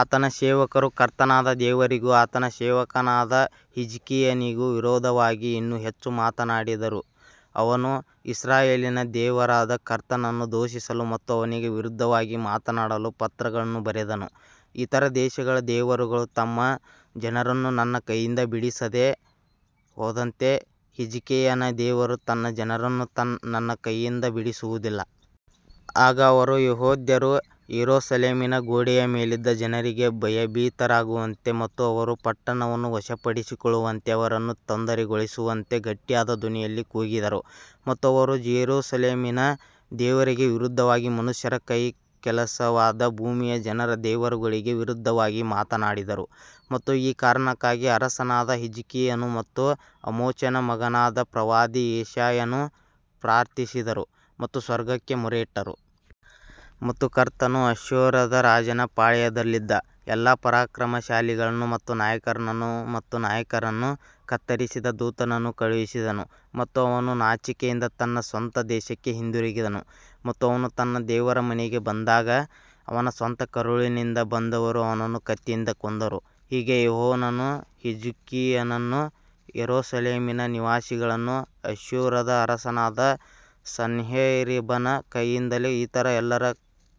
ಆತನ ಸೇವಕರು ಕರ್ತನಾದ ದೇವರಿಗೂ ಆತನ ಸೇವಕನಾದ ಹಿಜ್ಕೀಯನಿಗೂ ವಿರೋಧವಾಗಿ ಇನ್ನೂ ಹೆಚ್ಚು ಮಾತಾಡಿದರು ಅವನು ಇಸ್ರಾಯೇಲಿನ ದೇವರಾದ ಕರ್ತನನ್ನು ದೂಷಿಸಲು ಮತ್ತು ಅವನಿಗೆ ವಿರುದ್ಧವಾಗಿ ಮಾತನಾಡಲು ಪತ್ರಗಳನ್ನು ಬರೆದನು ಇತರ ದೇಶಗಳ ದೇವರುಗಳು ತಮ್ಮ ಜನರನ್ನು ನನ್ನ ಕೈಯಿಂದ ಬಿಡಿಸದೆ ಹೋದಂತೆ ಹಿಜ್ಕೀಯನ ದೇವರು ತನ್ನ ಜನರನ್ನು ನನ್ನ ಕೈಯಿಂದ ಬಿಡಿಸುವುದಿಲ್ಲ. ಆಗ ಅವರು ಯೆಹೂದ್ಯರು ಯೆರೂಸಲೇಮಿನ ಗೋಡೆಯ ಮೇಲಿದ್ದ ಜನರಿಗೆ ಭಯಭೀತರಾಗುವಂತೆ ಮತ್ತು ಅವರು ಪಟ್ಟಣವನ್ನು ವಶಪಡಿಸಿಕೊಳ್ಳುವಂತೆ ಅವರನ್ನು ತೊಂದರೆಗೊಳಿಸುವಂತೆ ಗಟ್ಟಿಯಾದ ಧ್ವನಿಯಲ್ಲಿ ಕೂಗಿದರು. ಮತ್ತು ಅವರು ಜೆರುಸಲೇಮಿನ ದೇವರಿಗೆ ವಿರುದ್ಧವಾಗಿ ಮನುಷ್ಯರ ಕೈಕೆಲಸವಾದ ಭೂಮಿಯ ಜನರ ದೇವರುಗಳಿಗೆ ವಿರುದ್ಧವಾಗಿ ಮಾತನಾಡಿದರು. ಮತ್ತು ಈ ಕಾರಣಕ್ಕಾಗಿ ಅರಸನಾದ ಹಿಜ್ಕೀಯನು ಮತ್ತು ಆಮೋಚನ ಮಗನಾದ ಪ್ರವಾದಿ ಯೆಶಾಯನು ಪ್ರಾರ್ಥಿಸಿದರು ಮತ್ತು ಸ್ವರ್ಗಕ್ಕೆ ಮೊರೆಯಿಟ್ಟರು. ಮತ್ತು ಕರ್ತನು ಅಶ್ಶೂರದ ರಾಜನ ಪಾಳೆಯದಲ್ಲಿದ್ದ ಎಲ್ಲಾ ಪರಾಕ್ರಮಶಾಲಿಗಳನ್ನು ಮತ್ತು ನಾಯಕರನ್ನು ಮತ್ತು ನಾಯಕರನ್ನು ಕತ್ತರಿಸಿದ ದೂತನನ್ನು ಕಳುಹಿಸಿದನು ಮತ್ತು ಅವನು ನಾಚಿಕೆಯಿಂದ ತನ್ನ ಸ್ವಂತ ದೇಶಕ್ಕೆ ಹಿಂದಿರುಗಿದನು ಮತ್ತು ಅವನು ತನ್ನ ದೇವರ ಮನೆಗೆ ಬಂದಾಗ ಅವನ ಸ್ವಂತ ಕರುಳಿನಿಂದ ಬಂದವರು ಅವನನ್ನು ಕತ್ತಿಯಿಂದ ಕೊಂದರು ಹೀಗೆ ಯೆಹೋವನು ಹಿಜ್ಕೀಯನನ್ನೂ ಯೆರೂಸಲೇಮಿನ ನಿವಾಸಿಗಳನ್ನೂ ಅಶ್ಶೂರದ ಅರಸನಾದ ಸನ್ಹೇರೀಬನ ಕೈಯಿಂದಲೂ ಇತರ ಎಲ್ಲರ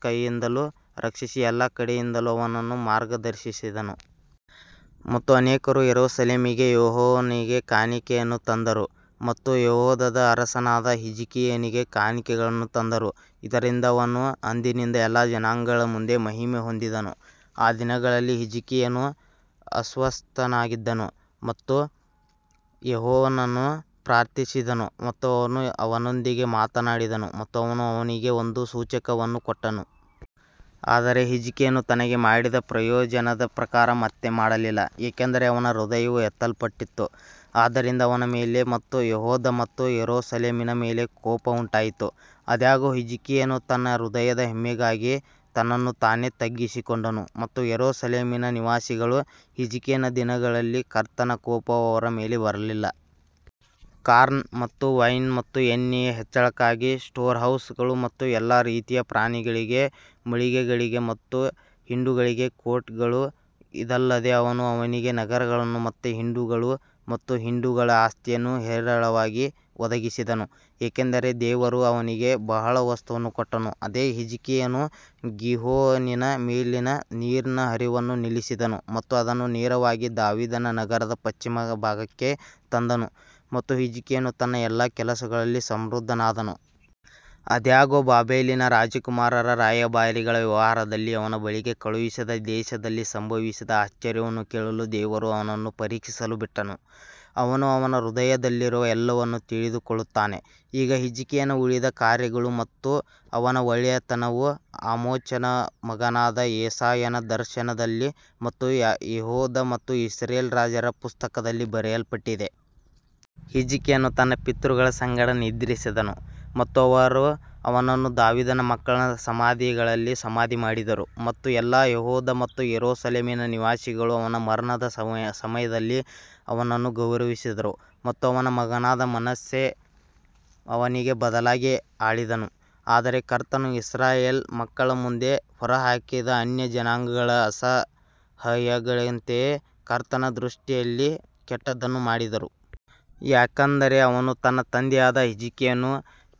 ಕೈಯಿಂದಲೂ ರಕ್ಷಿಸಿ ಎಲ್ಲಾ ಕಡೆಯಿಂದಲೂ ಅವರನ್ನು ಮಾರ್ಗದರ್ಶಿಸಿದನು. ಮತ್ತು ಅನೇಕರು ಯೆರೂಸಲೇಮಿಗೆ ಯೆಹೋವನಿಗೆ ಕಾಣಿಕೆಗಳನ್ನು ತಂದರು ಮತ್ತು ಯೆಹೂದದ ಅರಸನಾದ ಹಿಜ್ಕೀಯನಿಗೆ ಕಾಣಿಕೆಗಳನ್ನು ತಂದರು, ಇದರಿಂದ ಅವನು ಅಂದಿನಿಂದ ಎಲ್ಲಾ ಜನಾಂಗಗಳ ಮುಂದೆ ಮಹಿಮೆ ಹೊಂದಿದನು. ಆ ದಿನಗಳಲ್ಲಿ ಹಿಜ್ಕೀಯನು ಅಸ್ವಸ್ಥನಾಗಿದ್ದನು ಮತ್ತು ಯೆಹೋವನನ್ನು ಪ್ರಾರ್ಥಿಸಿದನು ಮತ್ತು ಅವನು ಅವನೊಂದಿಗೆ ಮಾತಾಡಿದನು ಮತ್ತು ಅವನು ಅವನಿಗೆ ಒಂದು ಸೂಚಕವನ್ನು ಕೊಟ್ಟನು. ಆದರೆ ಹಿಜ್ಕೀಯನು ತನಗೆ ಮಾಡಿದ ಪ್ರಯೋಜನದ ಪ್ರಕಾರ ಮತ್ತೆ ಮಾಡಲಿಲ್ಲ, ಏಕೆಂದರೆ ಅವನ ಹೃದಯವು ಎತ್ತಲ್ಪಟ್ಟಿತು, ಆದ್ದರಿಂದ ಅವನ ಮೇಲೆ ಮತ್ತು ಯೆಹೂದ ಮತ್ತು ಯೆರೂಸಲೇಮಿನ ಮೇಲೆ ಕೋಪ ಉಂಟಾಯಿತು. ಆದಾಗ್ಯೂ ಹಿಜ್ಕೀಯನು ತನ್ನ ಹೃದಯದ ಹೆಮ್ಮೆಗಾಗಿ ತನ್ನನ್ನು ತಾನೇ ತಗ್ಗಿಸಿಕೊಂಡನು ಮತ್ತು ಯೆರೂಸಲೇಮಿನ ನಿವಾಸಿಗಳು ಹಿಜ್ಕೀಯನ ದಿನಗಳಲ್ಲಿ ಕರ್ತನ ಕೋಪವು ಅವರ ಮೇಲೆ ಬರಲಿಲ್ಲ. ಕಾರ್ನ್ ಮತ್ತು ವೈನ್ ಮತ್ತು ಎಣ್ಣೆಯ ಹೆಚ್ಚಳಕ್ಕಾಗಿ ಸ್ಟೋರ್ಹೌಸ್ಗಳು ಮತ್ತು ಎಲ್ಲಾ ರೀತಿಯ ಪ್ರಾಣಿಗಳಿಗೆ ಮಳಿಗೆಗಳು ಮತ್ತು ಹಿಂಡುಗಳಿಗೆ ಕೋಟ್ಗಳು ಇದಲ್ಲದೆ ಅವನು ಅವನಿಗೆ ನಗರಗಳನ್ನು ಮತ್ತು ಹಿಂಡುಗಳು ಮತ್ತು ಹಿಂಡುಗಳ ಆಸ್ತಿಯನ್ನು ಹೇರಳವಾಗಿ ಒದಗಿಸಿದನು, ಏಕೆಂದರೆ ದೇವರು ಅವನಿಗೆ ಬಹಳ ವಸ್ತುವನ್ನು ಕೊಟ್ಟನು. ಅದೇ ಹಿಜ್ಕೀಯನು ಗೀಹೋನಿನ ಮೇಲಿನ ನೀರಿನ ಹರಿವನ್ನು ನಿಲ್ಲಿಸಿದನು ಮತ್ತು ಅದನ್ನು ನೇರವಾಗಿ ದಾವೀದನ ನಗರದ ಪಶ್ಚಿಮ ಭಾಗಕ್ಕೆ ತಂದನು ಮತ್ತು ಹಿಜ್ಕೀಯನು ತನ್ನ ಎಲ್ಲಾ ಕೆಲಸಗಳಲ್ಲಿ ಸಮೃದ್ಧನಾದನು. ಆದಾಗ್ಯೂ, ಬಾಬೆಲಿನ ರಾಜಕುಮಾರರ ರಾಯಭಾರಿಗಳ ವ್ಯವಹಾರದಲ್ಲಿ ಅವನ ಬಳಿಗೆ ಕಳುಹಿಸಿದ ದೇಶದಲ್ಲಿ ಸಂಭವಿಸಿದ ಆಶ್ಚರ್ಯವನ್ನು ಕೇಳಲು ದೇವರು ಅವನನ್ನು ಪರೀಕ್ಷಿಸಲು ಬಿಟ್ಟನು, ಅವನು ಅವನ ಹೃದಯದಲ್ಲಿರುವ ಎಲ್ಲವನ್ನೂ ತಿಳಿದುಕೊಳ್ಳುತ್ತಾನೆ. ಈಗ ಹಿಜ್ಕೀಯನ ಉಳಿದ ಕಾರ್ಯಗಳು ಮತ್ತು ಅವನ ಒಳ್ಳೆಯತನವು ಆಮೋಚನ ಮಗನಾದ ಯೆಶಾಯನ ದರ್ಶನದಲ್ಲಿ ಮತ್ತು ಯೆಹೂದ ಮತ್ತು ಇಸ್ರೇಲ್ ರಾಜರ ಪುಸ್ತಕದಲ್ಲಿ ಬರೆಯಲ್ಪಟ್ಟಿದೆ. ಹಿಜ್ಕೀಯನು ತನ್ನ ಪಿತೃಗಳ ಸಂಗಡ ನಿದ್ರಿಸಿದನು ಮತ್ತು ಅವರು ಅವನನ್ನು ದಾವೀದನ ಮಕ್ಕಳ ಸಮಾಧಿಗಳಲ್ಲಿ ಸಮಾಧಿ ಮಾಡಿದರು ಮತ್ತು ಎಲ್ಲಾ ಯೆಹೂದ ಮತ್ತು ಯೆರೂಸಲೇಮಿನ ನಿವಾಸಿಗಳು ಅವನ ಮರಣದ ಸಮಯದಲ್ಲಿ ಅವನನ್ನು ಗೌರವಿಸಿದರು ಮತ್ತು ಅವನ ಮಗನಾದ ಮನಸ್ಸೆ ಅವನಿಗೆ ಬದಲಾಗಿ ಆಳಿದನು. ಆದರೆ ಕರ್ತನು ಇಸ್ರಾಯೇಲ್ ಮಕ್ಕಳ ಮುಂದೆ ಹೊರಹಾಕಿದ ಅನ್ಯಜನಾಂಗಗಳ ಅಸಹ್ಯಗಳಂತೆಯೇ ಕರ್ತನ ದೃಷ್ಟಿಯಲ್ಲಿ ಕೆಟ್ಟದ್ದನ್ನು ಮಾಡಿದರು. ಯಾಕಂದರೆ ಅವನು ತನ್ನ ತಂದೆಯಾದ ಹಿಜ್ಕೀಯನು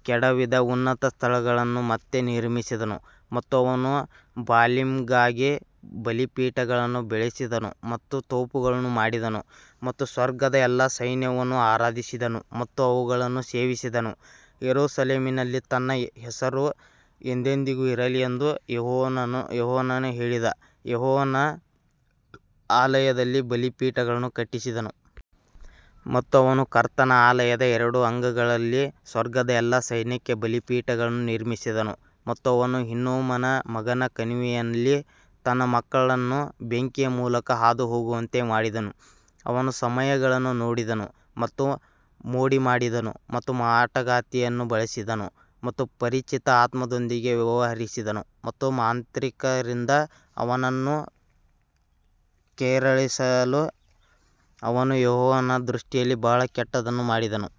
ಕೆಡವಿದ ಉನ್ನತ ಸ್ಥಳಗಳನ್ನು ಮತ್ತೆ ನಿರ್ಮಿಸಿದನು ಮತ್ತು ಅವನು ಬಾಲಿಮ್ಗಾಗಿ ಬಲಿಪೀಠಗಳನ್ನು ಬೆಳೆಸಿದನು ಮತ್ತು ತೋಪುಗಳನ್ನು ಮಾಡಿದನು ಮತ್ತು ಸ್ವರ್ಗದ ಎಲ್ಲಾ ಸೈನ್ಯವನ್ನು ಆರಾಧಿಸಿದನು ಮತ್ತು ಅವುಗಳನ್ನು ಸೇವಿಸಿದನು. ಯೆರೂಸಲೇಮಿನಲ್ಲಿ ನನ್ನ ಹೆಸರು ಎಂದೆಂದಿಗೂ ಇರಲಿ ಎಂದು ಯೆಹೋವನು ಹೇಳಿದ ಯೆಹೋವನ ಆಲಯದಲ್ಲಿ ಬಲಿಪೀಠಗಳನ್ನು ಕಟ್ಟಿಸಿದನು. ಮತ್ತು ಅವನು ಕರ್ತನ ಆಲಯದ ಎರಡು ಅಂಗಳಗಳಲ್ಲಿ ಸ್ವರ್ಗದ ಎಲ್ಲಾ ಸೈನ್ಯಕ್ಕೆ ಬಲಿಪೀಠಗಳನ್ನು ನಿರ್ಮಿಸಿದನು ಮತ್ತು ಅವನು ಹಿನ್ನೋಮನ ಮಗನ ಕಣಿವೆಯಲ್ಲಿ ತನ್ನ ಮಕ್ಕಳನ್ನು ಬೆಂಕಿಯ ಮೂಲಕ ಹಾದುಹೋಗುವಂತೆ ಮಾಡಿದನು, ಅವನು ಸಮಯಗಳನ್ನು ನೋಡಿದನು ಮತ್ತು ಮೋಡಿಮಾಡಿದನು ಮತ್ತು ಮಾಟಗಾತಿಯನ್ನು ಬಳಸಿದನು ಮತ್ತು ಪರಿಚಿತ ಆತ್ಮದೊಂದಿಗೆ ವ್ಯವಹರಿಸಿದನು ಮತ್ತು ಮಾಂತ್ರಿಕರಿಂದ ಅವನನ್ನು ಕೆರಳಿಸಲು ಅವನು ಯೆಹೋವನ ದೃಷ್ಟಿಯಲ್ಲಿ ಬಹಳ ಕೆಟ್ಟದ್ದನ್ನು ಮಾಡಿದನು.